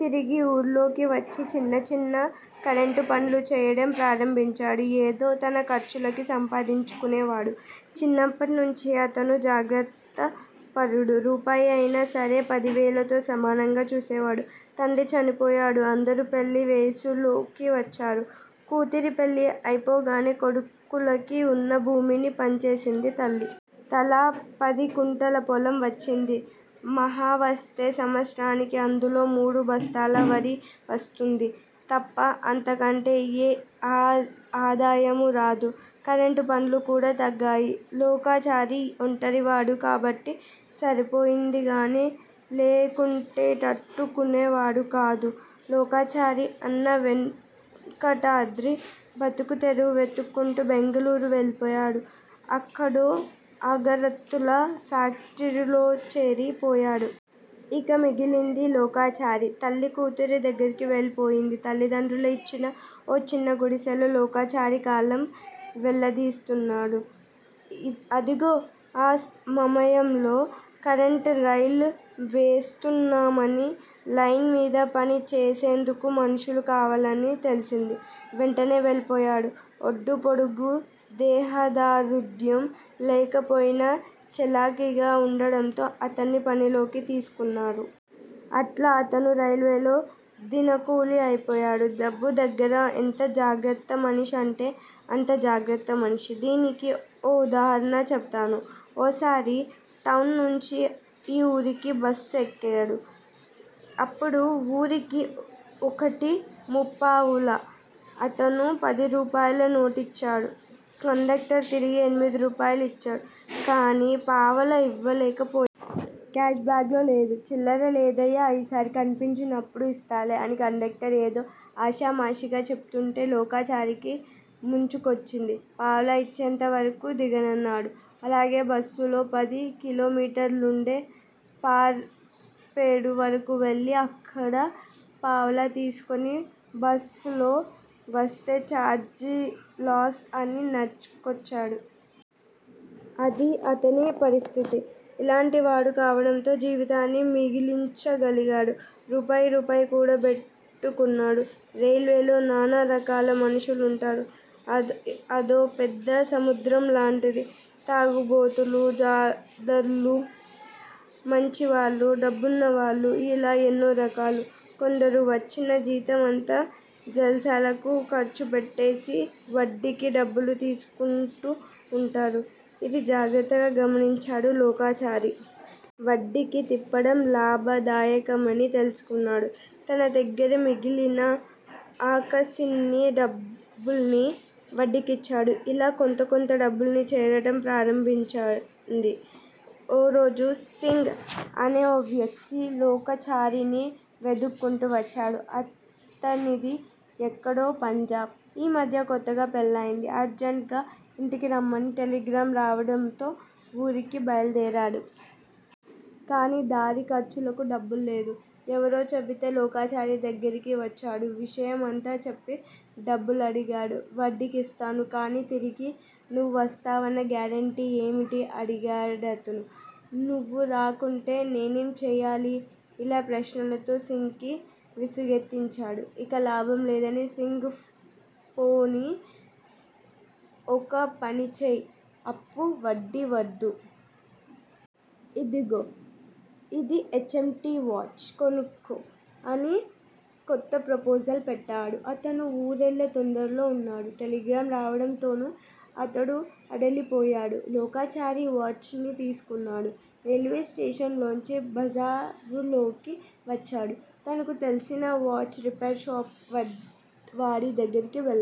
తిరిగి ఊర్లోకివచ్చి చిన్న చిన్న కరెంటుపనులు చేయడం ప్రారంభించాడు. ఏదో తన ఖర్చులకి సంపాందించునేవాడు. చిన్నప్పట్నించీ అతను జాగ్రత్తపరుడు. రూపాయి అయినా సరే పదివేలతో సమానంగా చూసేవాడు. తండ్రి చనిపోయాడు. అందరూ పెళ్ళి వయసుకి వచ్చారు. కూతురి పెళ్ళి అయిపోగానే కొడుకులకి వున్న భూమిని పంచేసింది తల్లి. తలా పదికుంటల పొలం వచ్చింది. మహావస్తే సంవత్సరానకి అందులో మూడు బస్తాల వరి వస్తుంది తప్ప అంతకంటే ఏ ఆదాయమూ రాదు. కరెంటు పనులు కూడా తగ్గాయి. లోకాచారి ఒంటరివాడు కాబట్టి సరిపోయిందిగానీ లేకుంటేతట్టు కునేవాడు కాదు. లోకాచారి అన్న వెంకటాద్రి బతుకుతెరువు వెతుక్కుంటూ బెంగుళూరు వెళ్ళిపోయి అక్కడో ఆగరత్తుల ఫ్యాక్టరీలోచేరి పోయాడు. ఇక మిగిలింది లోకాచారి. తల్లి కూతురి దగ్గిరికి వెళ్ళి పోయింది. తల్లిదండ్రులు ఇచ్చిన ఓ చిన్న గుడిసెలో లోకాచారి కాలం వెళ్ళదీస్తున్నాడు. అదిగో ఆ మమయంలో కరెంట్ రైల్ వేస్తున్నామని, లైన్ మీద పని చేసేందుకు మనుషులు కావాలని తెలిసింది. వెంటనే వెళ్ళిపోయాడు. ఒడ్డూ పొడుగూ, దేహదారుఢ్యం లేకపోయినా చలాకీగా వుండటంతో అతన్ని పనిలోకి తీసుకున్నారు. అట్లా అతను రైల్వేలో దినకూలీ అయిపోయాడు. డబ్బు దగ్గర ఎంత జాగ్రత్తమనిషంటే అంత జాగ్రత్త మనిషి. దీనికీ ఒక ఉదాహరణ చెబుతాను. ఓ సారి టౌన్ నుంచి ఈ వూరికి బస్సెక్కాడు. అప్పుడు వూరికి ఒకటీ ముప్పావలా. అతను పదిరూపాయల నోటిచ్చాడు. కండక్టర్ తిరిగి ఎనిమిది రూపాయలు ఇచ్చాడు గానీ పావలా ఇవ్వలేకపోయాడు. క్యాష్ బాగ్ లో లేదు. చిల్లర లేదయ్యా ఈసారి కనిపించినప్పుడు ఇస్తాలే అని కండక్టర్ ఏదో ఆషామాషీగా చెబుతుంటే లోకాచారికి ముంచుకొచ్చింది. పావలా ఇచ్చేంత వరకు దిగనన్నాడు. అలానే బస్సులో పది కిలోమీటర్లుండే పర్పేడు వరకు వెళ్ళి అక్కడ పావలా తీసుకుని ఒస్ లో వస్తే ఛార్జీ లాస్ అని నడుచుకోచడు అదీ అతని పరిస్థితి. ఇలాంటివాడు కావడంతో జీతాన్ని మిగిలించగలిగాడు. రూపాయి రూపాయి కూడబెటుకున్నాడు. రైల్వేలో నానా రకాల మనుషులుంటారు. అదోపెద్ద సముద్రం లాంటిది. తాగుబోతులూ, జాదర్లు, మంచివాళ్ళు, డబ్బున్నవాళ్ళు- యిలా ఎన్నోరకాలు. కొందరు వచ్చిన జీతమంతా జల్సాలకు ఖర్చుపెట్టేసి వడ్డీకి డబ్బులు తీసుకుంటూవుంటారు. ఇది జాగ్రత్తగా గమనించాడు లోకాచారి. వడ్డీకి తిప్పడం లాభదాయకమని తెలుసుకున్నాడు. తన దగ్గిర మిగిలిన ఆకాసిన్ని డబ్బుల్నీ వడ్డీకిచ్చాడు. ఇలా కొంతకొంత డబ్బుచేరటం ప్రారంభించింది. ఓరోజు సింగ్ అనే ఓ వ్యక్తి లోకాచారిని వెదుక్కుంటూ వచ్చాడు. అతనిది ఎక్కడో పంజాబ్. ఈమధ్య కొత్తగా పెళ్ళయింది అర్జంట్ గా ఇంటికి రమ్మని టెలిగ్రాం రావడంతో వూరికి బయలుదేరాడు. కానీ దారి ఖర్చులకి డబ్బులేదు. ఎవరో చెబితే లోకాచారి దగ్గిరికి వచ్చాడు. విషయమంతా చెప్పి డబ్బులడిగాడు. వడ్డీకిస్తాను- కానీ తిరిగి నువ్వు వస్తావన్నా గ్యారంటీ ఏమిటి? అనడిగాడతను. నువ్వు రాకుంటే నేనేంచేయాలి? ఇలా ప్రశ్నలతో సింగ్ కి విసుగెత్తించాడు. ఇకలాభం లేదని సింగ్ పోని ఒకపనిచెయ్ అప్పూ వడ్డీవద్దు. ఇదిగో ఇది హెచ్. ఎం. టి. వాచ్ కొనుక్కో అని కొత్త ప్రపోజల్ పెట్టాడు. అతను వూరెళ్ళే తొందరలో వున్నాడు. టెలిగ్రాం రావడంతోనే అతను హడలిపోయాడు. లోకాచారి వాచ్ ని తీసుకున్నాడు. రైల్వే స్టేషన్ లోంచి బజారులోకి వచ్చాడు. తనకు తెలిసిన వాచ్ రిపేరు షాపు వాడి దగ్గరికి వెళ్ళాడు.